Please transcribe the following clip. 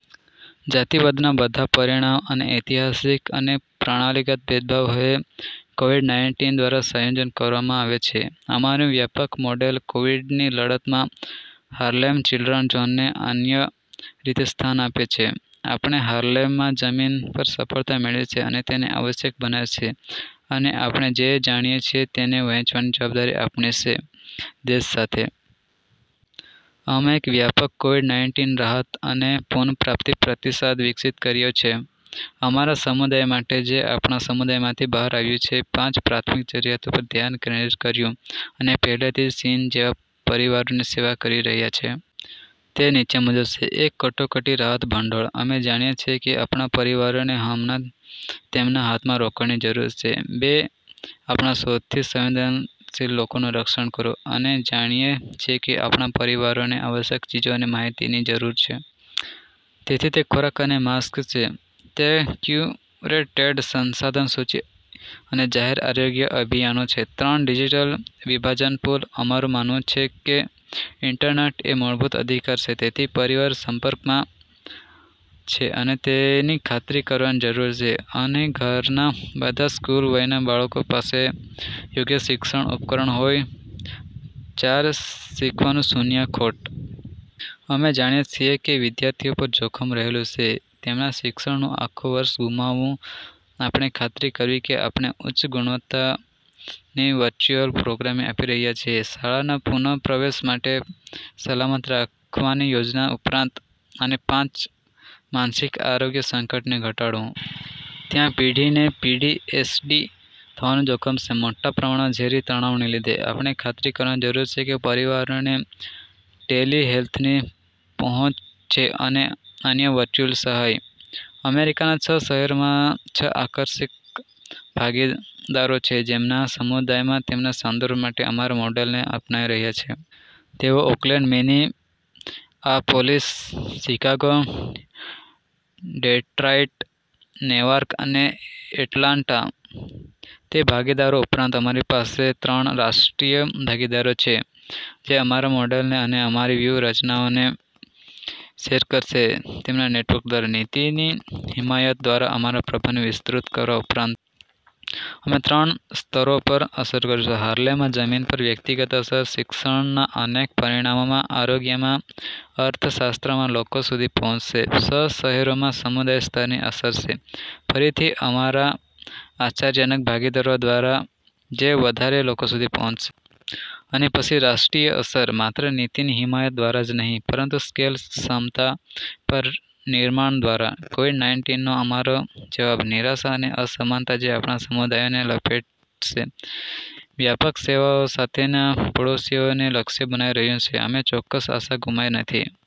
જાતિવાદના બધા પરિણામ અને ઐતિહાસિક અને પ્રણાલીગત ભેદભાવ હવે કોવિડ-નાઈનટીન દ્વારા સંયોજન કરવામાં આવે છે. અમારું વ્યાપક મોડેલ કોવિડ ની લડતમાં હાર્લેમ ચિલ્ડ્રન્સ ઝોનને અન્ય રીતે સ્થાન આપે છે. આપણે હાર્લેમમાં જમીન પર સફળતા મેળવી છે તેને આવશ્યક બનાવે છે, અને આપણે જે જાણીએ છીએ તેને વહેંચવાની જવાબદારી આપણી છે દેશ સાથે. અમે એક વ્યાપક કોવિડ - નાઈનટીન રાહત અને પુનપ્રાપ્તિ પ્રતિસાદ વિકસિત કર્યો છે અમારા સમુદાય માટે, જે આપણા સમુદાયમાંથી બહાર આવ્યું છે, પાંચ પ્રાથમિક જરૂરિયાતો પર ધ્યાન કેન્દ્રિત કર્યું, અને પહેલેથી જ સીન જેવા પરિવારોની સેવા કરી રહ્યાં છે. તે નીચે મુજબ છે. એક, કટોકટી રાહત ભંડોળ. અમે જાણીએ છીએ કે આપણા પરિવારોને હમણાં તેમના હાથમાં રોકડની જરૂર છે. બે, આપણા સૌથી સંવેદનશીલ લોકોનું રક્ષણ કરો. અમે જાણીએ છીએ કે આપણા પરિવારોને આવશ્યક ચીજો અને માહિતીની જરૂર છે. તેથી તે ખોરાક અને માસ્ક છે, તે ક્યુરેટેડ સંસાધન સૂચિ અને જાહેર આરોગ્ય અભિયાનો છે. ત્રણ, ડિજિટલ વિભાજન પુલ. અમારું માનવું છે કે ઇન્ટરનેટ એ મૂળભૂત અધિકાર છે. તેથી પરિવારો સંપર્કમાં છે તેની ખાતરી કરવાની જરૂર છે, અને ઘરનાં બધાં સ્કૂલ-વયનાં બાળકો પાસે યોગ્ય શિક્ષણ ઉપકરણો હોય ચાર, શીખવાની શૂન્ય ખોટ. અમે જાણીએ છીએ કે વિદ્યાર્થીઓ પર જોખમ રહેલું છે તેમના શિક્ષણનું આખું વર્ષ ગુમાવવું. આપણે ખાતરી કરવી કે આપણે ઉચ્ચગુણવત્તાની વર્ચ્યુઅલ પ્રોગ્રામિંગ આપી રહ્યાં છીએ, શાળાના પુનપ્રવેશ માટે સલામત રાખવાની યોજના ઉપરાંત. અને પાંચ, માનસિક આરોગ્ય સંકટને ઘટાડવું. ત્યાં પેઢીને પીટીએસડી થવાનું જોખમ છે, મોટા પ્રમાણમાં ઝેરી તણાવને લીધે. આપણે ખાતરી કરવાની જરૂર છે કે પરિવારોને ટેલિહેલ્થની પહોંચ છે અને અન્ય વર્ચુઅલ સહાય. અમેરીકાના છ શહેરોમાં છ આકર્ષક ભાગીદારો છે જે તેમના સમુદાયમાં તેમના સંદર્ભ માટે અમારા મોડેલને અપનાવી રહ્યા છે. તેઓ Oakland, Minneapolis, Chicago, Detroit, Newark અને એટલાન્ટા. તે ભાગીદારો ઉપરાંત, અમારી પાસે ત્રણ રાષ્ટ્રીય ભાગીદારો છે, જે અમારા મોડેલને અને અમારી વ્યૂહરચનાઓને શેર કરશે તેમના નેટવર્ક દ્વારા, નીતિની હિમાયત દ્વારા અમારા પ્રભાવને વિસ્તૃત કરવા ઉપરાંત. અમે ત્રણ સ્તરો પર અસર કરીશું. હાર્લેમમાં જમીન પર વ્યક્તિગત અસર, શિક્ષણના અનેક પરિણામોમાં, આરોગ્ય માં, અર્થશાસ્ત્ર માં, લોકો સુધી પહોંચે છે. છ શહેરોમાં સમુદાય-સ્તરની અસર છે, ફરીથી અમારા આશ્ચર્યજનક ભાગીદારો દ્વારા, જે વધારે લોકો સુધી પહોંચશે. અને પછી રાષ્ટ્રીય અસર, માત્ર નીતિની હિમાયત દ્વારા જ નહીં, પરંતુ સ્કેલ ક્ષમતા પર નિર્માણ દ્વારા. કોવિડ -નાઈનટીન નો અમારો જવાબ, નિરાશા અને અસમાનતા જે આપણા સમુદાયોને લપેટશે, વ્યાપક સેવાઓ સાથેના પડોશીઓને લક્ષ્ય બનાવી રહ્યું છે. અમે ચોક્કસ આશા ગુમાવી નથી.